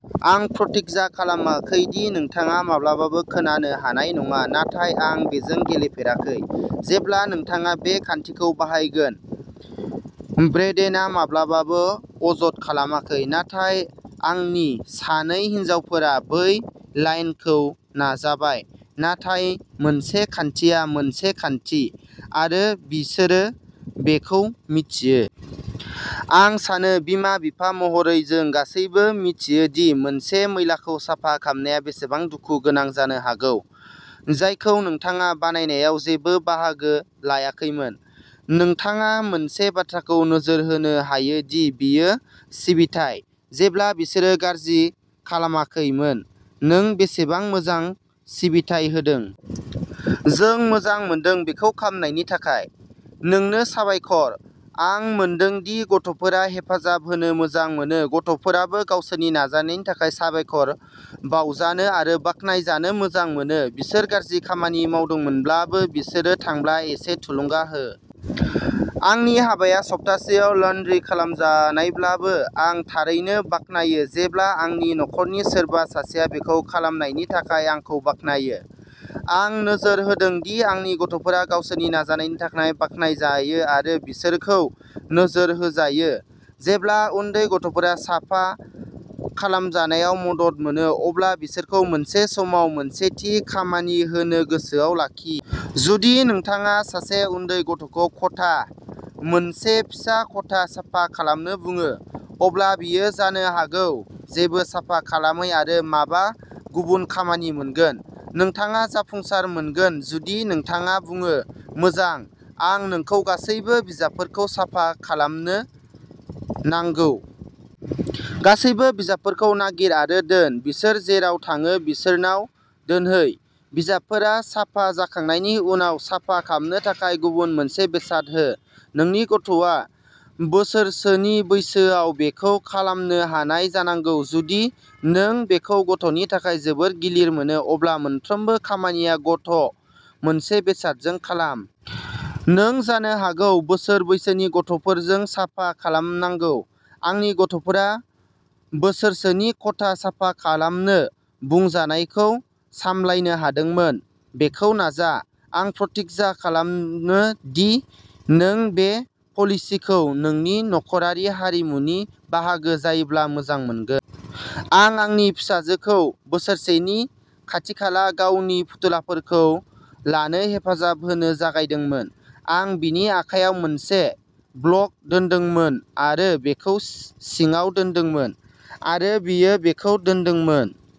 आं प्रतिज्ञा खालामाखै दि नोंथाङा माब्लाबाबो खोनानो हानाय नङा" नाथाय आं बेजों गेलेफेराखै! "जेब्ला नोंथाङा बे खान्थिखौ बाहायगोन। ब्रेडेनआ माब्लाबाबो अजद खालामाखै, नाथाय आंनि सानै हिनजावफोरा बै लाइनखौ नाजाबाय। नाथाय मोनसे खान्थिया मोनसे खान्थि, आरो बिसोरो बेखौ मिथियो। आं सानो बिमा-बिफा महरै जों गासैबो मिथियो दि मोनसे मैलाखौ साफा खालामनाया बेसेबां दुखु गोनां जानो हागौ, जायखौ नोंथाङा बानायनायाव जेबो बाहागो लायाखैमोन। नोंथाङा मोनसे बाथ्राखौ नोजोर होनो हायो दि बेयो सिबिथाइ, जेब्ला बिसोरो गाज्रि खालामाखैमोन," नों बेसेबां मोजां सिबिथाइ होदों? " जों मोजां मोनदों! बेखौ खालामनायनि थाखाय नोंनो साबायखर! "आं मोनदों दि गथ'फोरा हेफाजाब होनो मोजां मोनो। गथ'फोराबो गावसोरनि नाजानायनि थाखाय साबायखर बावजानो आरो बाख्नायजानो मोजां मोनो। बिसोर गाज्रि खामानि मावदोंमोनब्लाबो, बिसोर थांब्ला एसे थुलुंगा हो। आंनि हाबाया सप्तासेयाव लान्ड्रि खालामनायब्लाबो, आं थारैनो बाख्नायो जेब्ला आंनि नखरनि सोरबा सासेआ बेखौ खालामनायनि थाखाय आंखौ बाख्नायो। आं नोजोर होदों दि आंनि गथ'फोरा गावसोरनि नाजानायनि थाखाय बाख्नायजायो आरो बिसोरखौ नोजोर होजायो। जेब्ला उन्दै गथ'फोरा साफा खालामनायाव मदद मोनो, अब्ला बिसोरखौ मोनसे समाव मोनसे थि खामानि होनो गोसोआव लाखि। जुदि नोंथाङा सासे उन्दै गथ'खौ खथा, मोनसे फिसा खथा साफा खालामनो बुङो, अब्ला बियो जानो हागौ जेबो साफा खालामै आरो माबा गुबुन खामानि मोनगोन। नोंथाङा जाफुंसार मोनगोन जुदि नोंथाङा बुङो," मोजां, आं नोंखौ गासैबो बिजाबफोरखौ साफा खालामनो नांगौ। गासैबो बिजाबफोरखौ नागिर आरो दोन। बिसोर जेराव थाङो बिसोरनाव दोनहै। "बिजाबफोरा साफा जाखांनायनि उनाव, साफा खालामनो थाखाय गुबुन मोनसे बेसाद हो। नोंनि गथ'आ बोसोरसोनि बैसोआव बेखौ खालामनो हानाय जानांगौ। जुदि नों बेखौ गथ'नि थाखाय जोबोद गिलिर मोनो, अब्ला मोनफ्रोमबो खामानिखौ गथ'- मोनसे बेसादजों खालाम। नों जानो हागौ बोसोर बैसोनि गथ'फोरजों साफा खालामनांगौ। आंनि गथ'फोरा बोसोरसोनि खथाखौ साफा खालामनो बुंजानायखौ सामलायनो हादोंमोन। बेखौ नाजा! आं प्रतिज्ञा खालामो दि नों बे पलिसिखौ नोंनि नखरारि हारिमुनि बाहागो जायोब्ला मोजां मोनगोन। आं आंनि फिसाजोखौ बोसोरसेनि खाथिखाला गावनि फुथुलाफोरखौ लानो हेफाजाब होनो जागायदोंमोन। आं बिनि आखायाव मोनसे ब्लक दोनदोंमोन आरो बेखौ सिङाव दोनदोंमोन, आरो बियो बेखौ दोनदोंमोन।